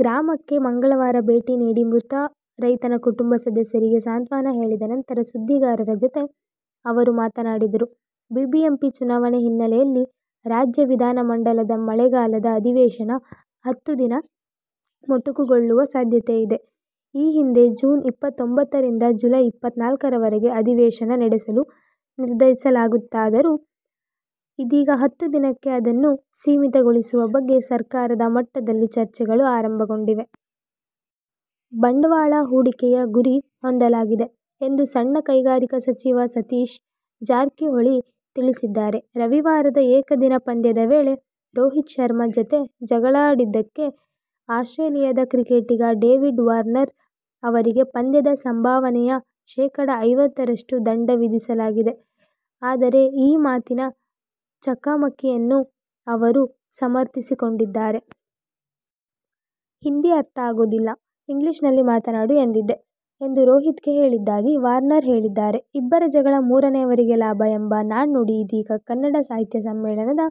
ಗ್ರಾಮಕ್ಕೆ ಮಂಗಳವಾರ ಭೇಟಿ ನೀಡಿ, ಮೃತ ರೈತನ ಕುಟುಂಬ ಸದಸ್ಯರಿಗೆ ಸಾಂತ್ವನ ಹೇಳಿದ ನಂತರ ಸುದ್ದಿಗಾರರ ಜತೆ ಅವರು ಮಾತನಾಡಿದರು. ಬಿಬಿಎಂಪಿ ಚುನಾವಣೆ ಹಿನ್ನೆಲೆಯಲ್ಲಿ ರಾಜ್ಯ ವಿಧಾನಮಂಡಲದ ಮಳೆಗಾಲದ ಅಧಿವೇಶನ ಹತ್ತು ದಿನ ಮೊಟಕುಗೊಳ್ಳುವ ಸಾಧ್ಯತೆಯಿದೆ. ಈ ಹಿಂದೆ ಜೂನ್ ಇಪ್ಪತ್ತೊಂಬತ್ತರಿಂದ ಜುಲೈ ಇಪ್ಪತ್ನಾಲ್ಕರವರೆಗೆ ಅಧಿವೇಶನ ನಡೆಸಲು ನಿರ್ಧರಿಸಲಾಗಿತ್ತಾದರೂ ಇದೀಗ ಹತ್ತು ದಿನಕ್ಕೆ ಅದನ್ನು ಸೀಮಿತಗೊಳಿಸುವ ಬಗ್ಗೆ ಸರ್ಕಾರದ ಮಟ್ಟದಲ್ಲಿ ಚರ್ಚೆಗಳು ಆರಂಭಗೊಂಡಿವೆ. ಬಂಡವಾಳ ಹೂಡಿಕೆಯ ಗುರಿ ಹೊಂದಲಾಗಿದೆ ಎಂದು ಸಣ್ಣ ಕೈಗಾರಿಕಾ ಸಚಿವ ಸತೀಶ್ ಜಾರಕಿಹೊಳಿ ತಿಳಿಸಿದ್ದಾರೆ. ರವಿವಾರದ ಏಕದಿನ ಪಂದ್ಯದ ವೇಳೆ ರೋಹಿತ್ ಶರ್ಮ ಜತೆ ಜಗಳಾಡಿದ್ದಕ್ಕಾಗಿ ಆಸ್ಟ್ರೇಲಿಯದ ಕ್ರಿಕೆಟಿಗ ಡೇವಿಡ್ ವಾರ್ನರ್ ಅವರಿಗೆ ಪಂದ್ಯದ ಸಂಭಾವನೆಯ ಶೇಖಡ ಐವತ್ತರಷ್ಟು ದಂಡ ವಿಧಿಸಲಾಗಿದೆ ಆದರೆ ಈ ಮಾತಿನ ಚಕಮಕಿಯನ್ನು ಅವರು ಸಮರ್ಥಿಸಿಕೊಂಡಿದ್ದಾರೆ. "ಹಿಂದಿ ಅರ್ಥ ಆಗೋದಿಲ್ಲ. ಇಂಗ್ಲಿಷ್ನಲ್ಲಿ ಮಾತನಾಡು ಎಂದಿದ್ದೆ' ಎಂದು ರೋಹಿತ್ಗೆ ಹೇಳಿದ್ದಾಗಿ ವಾರ್ನರ್ ಹೇಳಿದ್ದಾರೆ. ಇಬ್ಬರ ಜಗಳ ಮೂರನೆಯವರಿಗೆ ಲಾಭ ಎಂಬ ನಾಣ್ಣುಡಿ ಇದೀಗ ಕನ್ನಡ ಸಾಹಿತ್ಯ ಸಮ್ಮೇಳನದ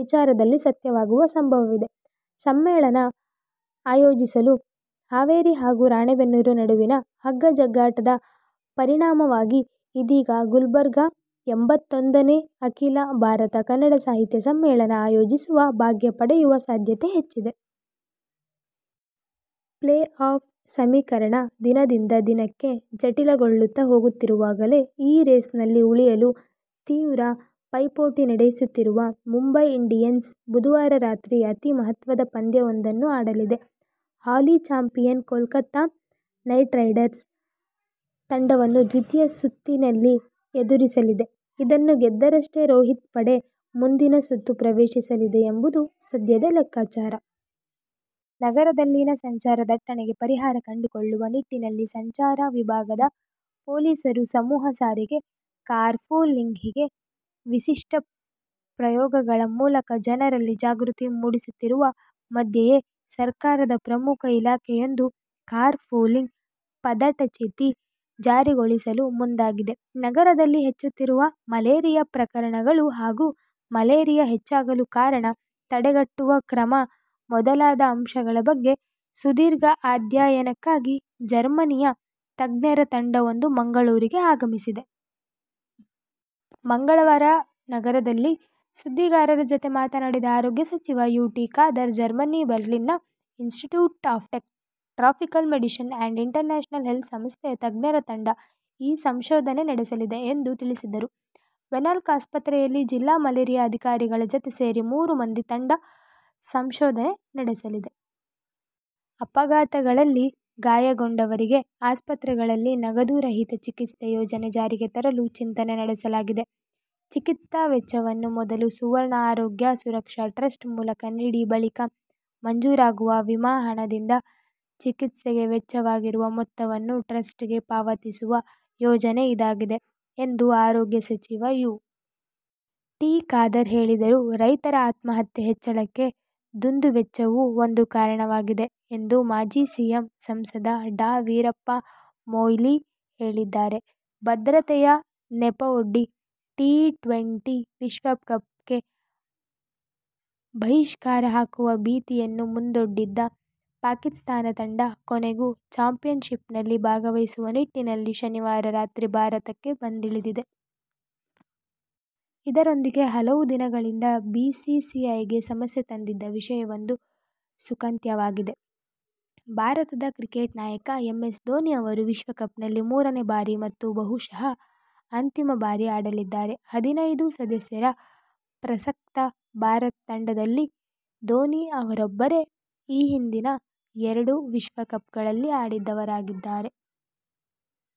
ವಿಚಾರದಲ್ಲಿ ಸತ್ಯವಾಗುವ ಸಂಭವವಿದೆ. ಸಮ್ಮೇಳನ ಆಯೋಜಿಸಲು ಹಾವೇರಿ ಹಾಗೂ ರಾಣೆಬೆನ್ನೂರು ನಡುವಿನ ಹಗ್ಗ-ಜಗ್ಗಾಟದ ಪರಿಣಾಮವಾಗಿ ಇದೀಗ ಗುಲ್ಬರ್ಗ ಎಂಬತ್ತೊಂದನೇ ಅಖೀಲ ಭಾರತ ಕನ್ನಡ ಸಾಹಿತ್ಯ ಸಮ್ಮೇಳನ ಆಯೋಜಿಸುವ ಭಾಗ್ಯ ಪಡೆಯುವ ಸಾಧ್ಯತೆ ಹೆಚ್ಚಿದೆ. ಪ್ಲೇ-ಆಫ್ ಸಮೀಕರಣ ದಿನದಿಂದ ದಿನಕ್ಕೆ ಜಟಿಲಗೊಳ್ಳುತ್ತ ಹೋಗುತ್ತಿರುವಾಗಲೇ ಈ ರೇಸ್ನಲ್ಲಿ ಉಳಿಯಲು ತೀವ್ರ ಪೈಪೋಟಿ ನಡೆಸುತ್ತಿರುವ ಮುಂಬೈ ಇಂಡಿಯನ್ಸ್ ಬುಧವಾರ ರಾತ್ರಿ ಅತೀ ಮಹತ್ವದ ಪಂದ್ಯವೊಂದನ್ನು ಆಡಲಿದೆ. ಹಾಲಿ ಚಾಂಪಿಯನ್ ಕೋಲ್ಕತಾ ನೈಟ್ರೈಡರ್ ತಂಡವನ್ನು ದ್ವಿತೀಯ ಸುತ್ತಿನಲ್ಲಿ ಎದುರಿಸಲಿದೆ. ಇದನ್ನು ಗೆದ್ದರಷ್ಟೇ ರೋಹಿತ್ ಪಡೆ ಮುಂದಿನ ಸುತ್ತು ಪ್ರವೇಶಿಸಲಿದೆ ಎಂಬುದು ಸದ್ಯದ ಲೆಕ್ಕಾಚಾರ. ನಗರದಲ್ಲಿನ ಸಂಚಾರ ದಟ್ಟಣೆಗೆ ಪರಿಹಾರ ಕಂಡುಕೊಳ್ಳುವ ನಿಟ್ಟಿನಲ್ಲಿ ಸಂಚಾರ ವಿಭಾಗದ ಪೊಲೀಸರು ಸಮೂಹ ಸಾರಿಗೆ, ಕಾರ್ಪೂಲಿಂಗ್ಹೀಗೆ ವಿಶಿಷ್ಟ ಪ್ರಯೋಗಗಳ ಮೂಲಕ ಜನರಲ್ಲಿ ಜಾಗೃತಿ ಮೂಡಿಸುತ್ತಿರುವ ಮಧ್ಯೆಯೇ ಸರ್ಕಾರದ ಪ್ರಮುಖ ಇಲಾಖೆಯೊಂದು ಕಾರ್ ಪೂಲಿಂಗ್ ಪದಟಛಿತಿ ಜಾರಿಗೊಳಿಸಲು ಮುಂದಾಗಿದೆ. ನಗರದಲ್ಲಿ ಹೆಚ್ಚುತ್ತಿರುವ ಮಲೇರಿಯಾ ಪ್ರಕರಣಗಳು ಹಾಗೂ ಮಲೇರಿಯಾ ಹೆಚ್ಚಾಗಲು ಕಾರಣ, ತಡೆಗಟ್ಟುವ ಕ್ರಮ ಮೊದಲಾದ ಅಂಶಗಳ ಬಗ್ಗೆ ಸುದೀರ್ಘ ಅಧ್ಯಯನಕ್ಕಾಗಿ ಜರ್ಮನಿಯ ತಜ್ಞರ ತಂಡವೊಂದು ಮಂಗಳೂರಿಗೆ ಆಗಮಿಸಿದೆ. ಮಂಗಳವಾರ ನಗರದಲ್ಲಿ ಸುದ್ದಿಗಾರರ ಜತೆ ಮಾತನಾಡಿದ ಆರೋಗ್ಯ ಸಚಿವ ಯು. ಟಿ. ಖಾದರ್, ಜರ್ಮನಿ ಬರ್ಲಿನ್ನ Institute of Tropical Medicine and International Health ಸಂಸ್ಥೆಯ ತಜ್ಞರ ತಂಡ ಈ ಸಂಶೋಧನೆ ನಡೆಸಲಿದೆ ಎಂದು ತಿಳಿಸಿದರು. ವೆನ್ಲಾಕ್ ಆಸ್ಪತ್ರೆಯಲ್ಲಿ ಜಿಲ್ಲಾ ಮಲೇರಿಯಾ ಅಧಿಕಾರಿಗಳ ಜತೆ ಸೇರಿ ಮೂರು ಮಂದಿ ತಂಡ ಸಂಶೋಧನೆ ನಡೆಸಲಿದೆ. ಅಪಘಾತಗಳಲ್ಲಿ ಗಾಯಗೊಂಡವರಿಗೆ ಆಸ್ಪತ್ರೆಗಳಲ್ಲಿ ನಗದು ರಹಿತ ಚಿಕಿತ್ಸೆ ಯೋಜನೆ ಜಾರಿಗೆ ತರಲು ಚಿಂತನೆ ನಡೆಸಲಾಗಿದೆ. ಚಿಕಿತ್ಸಾ ವೆಚ್ಚವನ್ನು ಮೊದಲು ಸುವರ್ಣ ಆರೋಗ್ಯ ಸುರಕ್ಷಾ ಟ್ರಸ್ಟ್ ಮೂಲಕ ನೀಡಿ ಬಳಿಕ ಮಂಜೂರಾಗುವ ವಿಮಾ ಹಣದಿಂದ ಚಿಕಿತ್ಸೆಗೆ ವೆಚ್ಚವಾಗಿರುವ ಮೊತ್ತವನ್ನು ಟ್ರಸ್ಟ್ ಗೆ ಪಾವತಿಸುವ ಯೋಜನೆ ಇದಾಗಿದೆ ಎಂದು ಆರೋಗ್ಯ ಸಚಿವ ಯು. ಟಿ. ಖಾದರ್ ಹೇಳಿದರು. ರೈತರ ಆತ್ಮಹತ್ಯೆ ಹೆಚ್ಚಳಕ್ಕೆ ದುಂದುವೆಚ್ಚವೂ ಒಂದು ಕಾರಣವಾಗಿದೆ ಎಂದು ಮಾಜಿ ಸಿಎಂ, ಸಂಸದ ಡಾ. ವೀರಪ್ಪ ಮೊಯ್ಲಿ ಹೇಳಿದ್ದಾರೆ. ಭದ್ರತೆಯ ನೆಪವೊಡ್ಡಿ, ಟಿ ಟ್ವೆಂಟಿ ವಿಶ್ವಕಪ್ಗೆ ಬಹಿಷ್ಕಾರ ಹಾಕುವ ಭೀತಿಯನ್ನೂ ಮುಂದೊಡ್ಡಿದ್ದ ಪಾಕಿಸ್ತಾನ ತಂಡ, ಕೊನೆಗೂ ಚಾಂಪಿಯನ್ಶಿಪ್ನಲ್ಲಿ ಭಾಗವಹಿಸುವ ನಿಟ್ಟಿನಲ್ಲಿ ಶನಿವಾರ ರಾತ್ರಿ ಭಾರತಕ್ಕೆ ಬಂದಿಳಿದಿದೆ. ಇದರೊಂದಿಗೆ ಹಲವು ದಿನಗಳಿಂದ ಬಿಸಿಸಿಐಗೆ ಸಮಸ್ಯೆ ತಂದಿದ್ದ ವಿಷಯವೊಂದು ಸುಖಾಂತ್ಯವಾಗಿದೆ. ಭಾರತದ ಕ್ರಿಕೆಟ್ ನಾಯಕ ಎಂ. ಎಸ್. ಧೋನಿ ಅವರು ವಿಶ್ವಕಪ್ನಲ್ಲಿ ಮೂರನೆ ಬಾರಿ ಮತ್ತು ಬಹುಶಃ ಅಂತಿಮ ಬಾರಿ ಆಡಲಿದ್ದಾರೆ. ಹದಿನೈದು ಸದಸ್ಯರ ಪ್ರಸಕ್ತ ಭಾರತ ತಂಡದಲ್ಲಿ ಧೋನಿ ಅವರೊಬ್ಬರೇ ಈ ಹಿಂದಿನ ಎರಡು ವಿಶ್ವಕಪ್ಗ್ಳಲ್ಲಿ ಆಡಿದವರಾಗಿದ್ದಾರೆ.